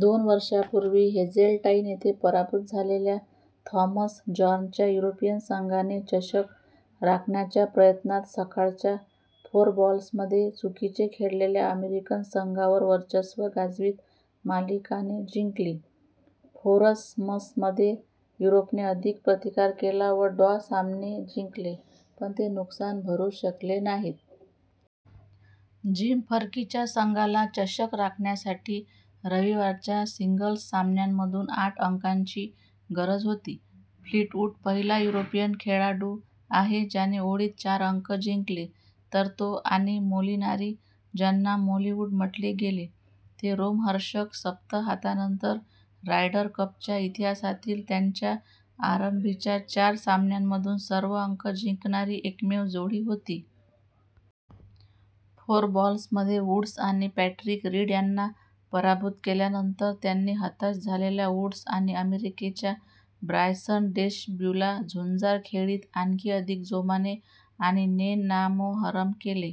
दोन वर्षांपूर्वी हेझेल्टाईन येथे पराभूत झालेल्या, थॉमस जॉर्नच्या युरोपियन संघाने चषक राखण्याच्या प्रयत्नात सकाळच्या फोरबॉल्समध्ये चुकीचे खेळलेल्या अमेरिकन संघावर वर्चस्व गाजवीत मालिका ने जिंकली. फोरसम्समध्ये युरोपने अधिक प्रतिकार केला व डॉ सामने जिंकले, पण ते नुकसान भरू शकले नाहीत. जिम फर्कीच्या संघाला चषक राखण्यासाठी रविवारच्या सिंगल्स सामन्यांमधून आठ अंकांची गरज होती. फ्लीटवूड पहिला युरोपियन खेळाडू आहे ज्याने ओळीत चार अंक जिंकले, तर तो आणि मोलिनारी, ज्यांना "मोलिवूड" म्हटले गेले, ते रोमहर्षक सप्ताहांतानंतर रायडर कपच्या इतिहासातील त्यांच्या आरंभीच्या चार सामन्यांमधून सर्व अंक जिंकणारी एकमेव जोडी होती. फोरबॉल्समध्ये वूड्स आणि पॅट्रिक रीड यांना पराभूत केल्यानंतर, त्यांनी हताश झालेल्या वूड्स आणि अमेरिकेच्या ब्रायसन डेशब्यूला झुंजार खेळीत आणखी अधिक जोमाने आणि ने नामोहरम केले.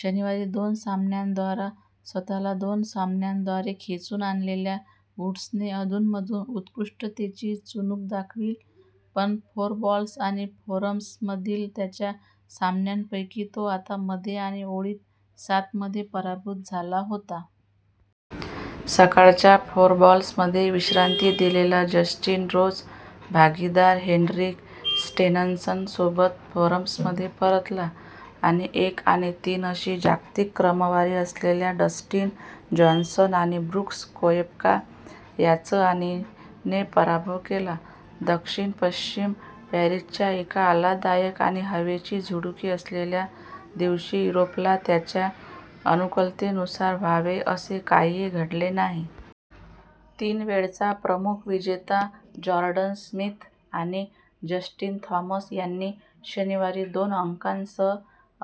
शनिवारी दोन सामन्यांद्वारा स्वतःला दोन सामन्यांद्वारे खेचून आणलेल्या वूड्सने, अधूनमधून उत्कृष्टतेची चुणूक दाखविल, पण फोरबॉल्स आणि फोरसम्समधील त्याच्या सामन्यांपैकी तो आता मध्ये आणि ओळीत सातमध्ये पराभूत झाला होता. सकाळच्या फोरबॉल्समध्ये विश्रांती दिलेला जस्टिन रोज, भागीदार हेन्रिक स्टेन्सनसोबत फोरसम्समध्ये परतला आणि एक आणि तीन अशी जागतिक क्रमवारी असलेल्या डस्टिन जॉन्सन आणि ब्रूक्स कोएप्का याचं आणि ने पराभव केला. दक्षिण-पश्चिम पॅरिसच्या एका आल्हाददायक आणि हवेची झुळूके असलेल्या दिवशी युरोपला त्याच्या अनुकूलतेनुसार व्हावे असे काहीही घडले नाही. तीन वेळचा प्रमुख विजेता जॉर्डन स्पिथ आणि जस्टिन थॉमस यांनी शनिवारी दोन अंकांसह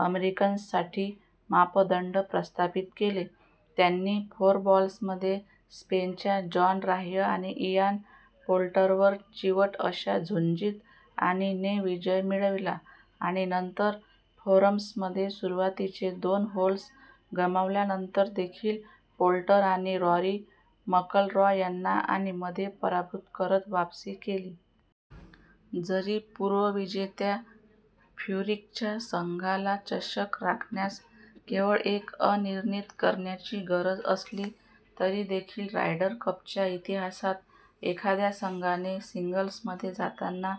अमेरिकन्ससाठी मापदंड प्रस्थापित केले. त्यांनी फोरबॉल्समध्ये स्पेनच्या जॉन राह्म आणि इयान पोल्टरवर चिवट अशा झुंजीत आणि ने विजय मिळविला आणि नंतर फोरसम्समध्ये सुरुवातीचे दोन होल्स गमावल्यानंतर देखील पोल्टर आणि रॉरी मकलरॉय यांना आणि मध्ये पराभूत करत वापसी केली. जरी पूर्वविजेत्या फ्युरिकच्या संघालाचषक राखण्यास केवळ एक अनिर्णीत करण्याची गरज असली, तरी देखील रायडर कपच्या इतिहासात एखाद्या संघाने सिंगल्समध्ये जाताना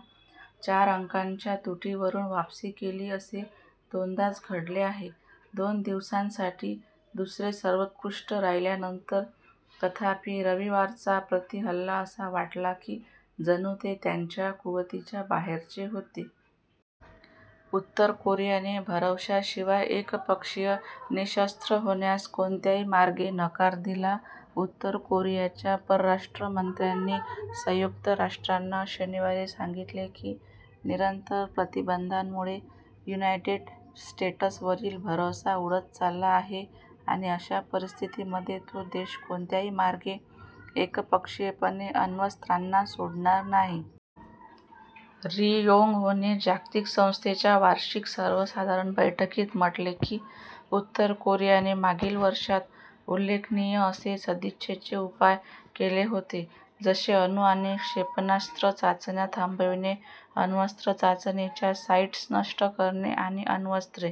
चार-अंकांच्या तुटीवरून वापसी केली असे दोनदाच घडले आहे. दोन दिवसांसाठी दुसरे-सर्वोत्कृष्ट राहिल्यानंतर, तथापि, रविवारचा प्रति-हल्ला असा वाटला की जणू ते त्यांच्या कुवतीच्या बाहेरचे होते. उत्तर कोरियाने भरवशाशिवाय एकपक्षीय निःशस्त्र होण्यास "कोणत्याही मार्गे" नकार दिला उत्तर कोरियाच्या परराष्ट्र मंत्र्यांनी संयुक्त राष्ट्रांना शनिवारी सांगितले की निरंतर प्रतिबंधांमुळे युनायटेड स्टेट्सवरील भरवसा उडत चालला आहे आणि अशा परिस्थितीमध्ये तो देश कोणत्याही मार्गे एकपक्षीयपणे अण्वस्त्रांना सोडणार नाही. री योंग होने जागतिक संस्थेच्या वार्षिक सर्वसाधारण बैठकीत म्हटले की उत्तर कोरियाने मागील वर्षात "उल्लेखनीय असे सदिच्छेचे उपाय" केले होते, जसे अणु आणि क्षेपणास्त्र चाचण्या थांबविणे, अण्वस्त्र चाचणीच्या साईट्स नष्ट करणे आणि अण्वस्त्रे